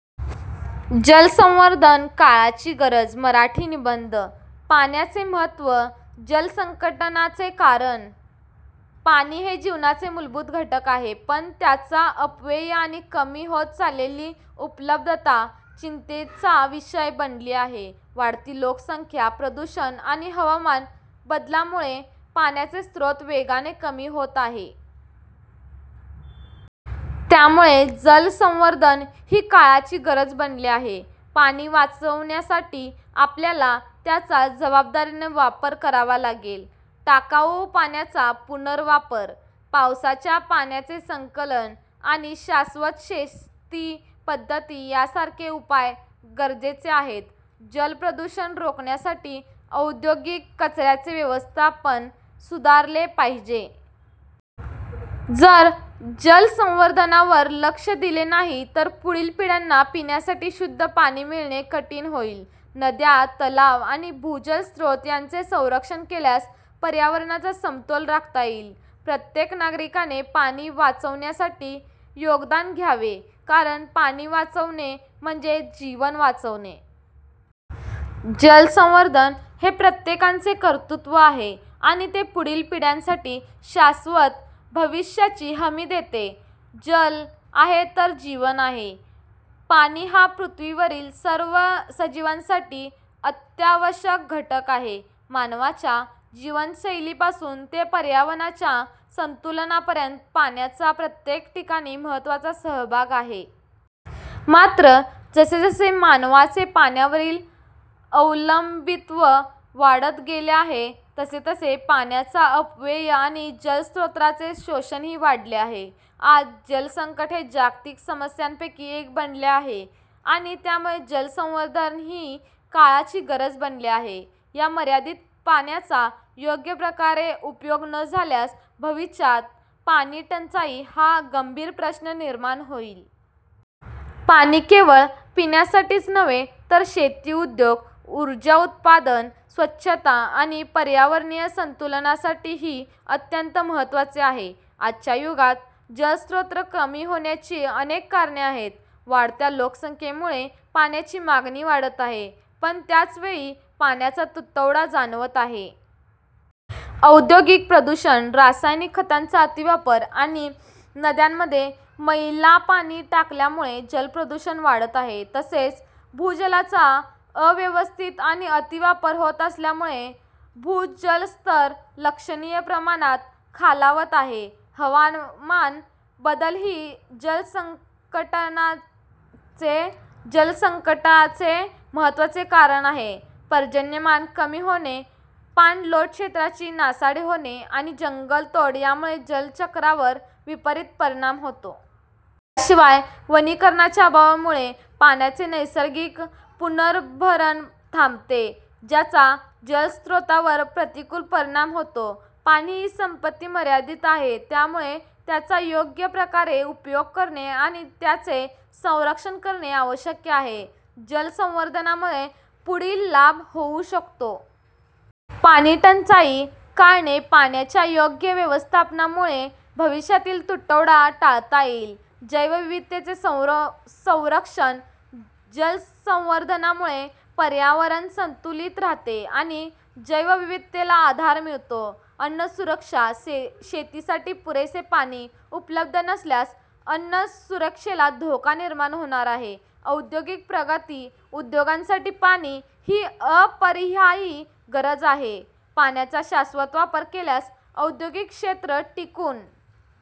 जलसंवर्धन काळाची गरज मराठी निबंध, पाण्याचे महत्त्व, जलसंकटाचे कारण. पाणी हे जीवनाचा मूलभूत घटक आहे, पण त्याचा अपव्यय आणि कमी होत चाललेली उपलब्धता चिंतेचा विषय बनली आहे. वाढती लोकसंख्या, प्रदूषण आणि हवामान बदलामुळे पाण्याचे स्रोत वेगाने कमी होत आहेत. त्यामुळे जलसंवर्धन ही काळाची गरज बनली आहे. पाणी वाचवण्यासाठी आपल्याला त्याचा जबाबदारीने वापर करावा लागेल. टाकाऊ पाण्याचा पुनर्वापर, पावसाच्या पाण्याचे संकलन आणि शाश्वत शेती पद्धती यांसारखे उपाय गरजेचे आहेत. जलप्रदूषण रोखण्यासाठी औद्योगिक कचऱ्याचे व्यवस्थापन सुधारले पाहिजे. जर जलसंवर्धनावर लक्ष दिले नाही तर पुढील पिढ्यांना पिण्यासाठी शुद्ध पाणी मिळणे कठीण होईल. नद्या, तलाव आणि भूजल स्रोत यांचे संरक्षण केल्यास पर्यावरणाचा समतोल राखता येईल. प्रत्येक नागरिकाने पाणी वाचवण्यासाठी योगदान द्यावे, कारण पाणी वाचवणे म्हणजे जीवन वाचवणे. जलसंवर्धन हे प्रत्येकाचे कर्तव्य आहे आणि ते पुढील पिढ्यांसाठी शाश्वत भविष्याची हमी देते. जल आहे तर जीवन आहे. पाणी हा पृथ्वीवरील सर्व सजीवांसाठी अत्यावश्यक घटक आहे. मानवाच्या जीवनशैलीपासून ते पर्यावरणाच्या संतुलनापर्यंत, पाण्याचा प्रत्येक ठिकाणी महत्त्वाचा सहभाग आहे. मात्र, जसजसे मानवाचे पाण्यावरील अवलंबित्व वाढत गेले आहे, तसतसे पाण्याचा अपव्यय आणि जलस्रोतांचे शोषणही वाढले आहे. आज जलसंकट हे जागतिक समस्यांपैकी एक बनले आहे आणि त्यामुळे जलसंवर्धन ही काळाची गरज बनली आहे. या मर्यादित पाण्याचा योग्य प्रकारे उपयोग न झाल्यास भविष्यात पाणीटंचाई हा एक गंभीर प्रश्न निर्माण होईल. पाणी केवळ पिण्यासाठीच नव्हे, तर शेती, उद्योग, ऊर्जा उत्पादन, स्वच्छता आणि पर्यावरणीय संतुलनासाठीही अत्यंत महत्त्वाचे आहे. आजच्या युगात जलस्रोत कमी होण्याची अनेक कारणे आहेत. वाढत्या लोकसंख्येमुळे पाण्याची मागणी वाढत आहे, पण त्याच वेळी पाण्याचा तुटवडा जाणवत आहे. औद्योगिक प्रदूषण, रासायनिक खतांचा अतिवापर आणि नद्यांमध्ये मैलापाणी टाकल्यामुळे जलप्रदूषण वाढत आहे. तसेच, भूजलाचा अव्यवस्थित आणि अतिवापर होत असल्यामुळे भूजलस्तर लक्षणीय प्रमाणात खालावत आहे. हवामान बदलही जलसंकटाचे महत्त्वाचे कारण आहे. पर्जन्यमान कमी होणे, पाणलोट क्षेत्रांची नासाडी होणे आणि जंगलतोड यामुळे जलचक्रावर विपरीत परिणाम होतो. याशिवाय, वनीकरणाच्या अभावामुळे पाण्याचे नैसर्गिक पुनर्भरण थांबते, ज्याचा जलस्रोतांवर प्रतिकूल परिणाम होतो. पाणी ही संपत्ती मर्यादित आहे. त्यामुळे त्याचा योग्य प्रकारे उपयोग करणे आणि त्याचे संरक्षण करणे आवश्यक आहे. जलसंवर्धनामुळे पुढील लाभ होऊ शकतात. पाणीटंचाई टाळणे, पाण्याच्या योग्य व्यवस्थापनामुळे भविष्यातील तुटवडा टाळता येईल. जैवविविधतेचे संरक्षण, जलसंवर्धनामुळे पर्यावरण संतुलित राहते आणि जैवविविधतेला आधार मिळतो. अन्नसुरक्षा, शेतीसाठी पुरेसे पाणी उपलब्ध राहिल्यास अन्नसुरक्षेला धोका निर्माण होणार नाही. औद्योगिक प्रगती, उद्योगांसाठी पाणी ही अपरिहार्य गरज आहे. पाण्याचा शाश्वत वापर केल्यास औद्योगिक क्षेत्र टिकून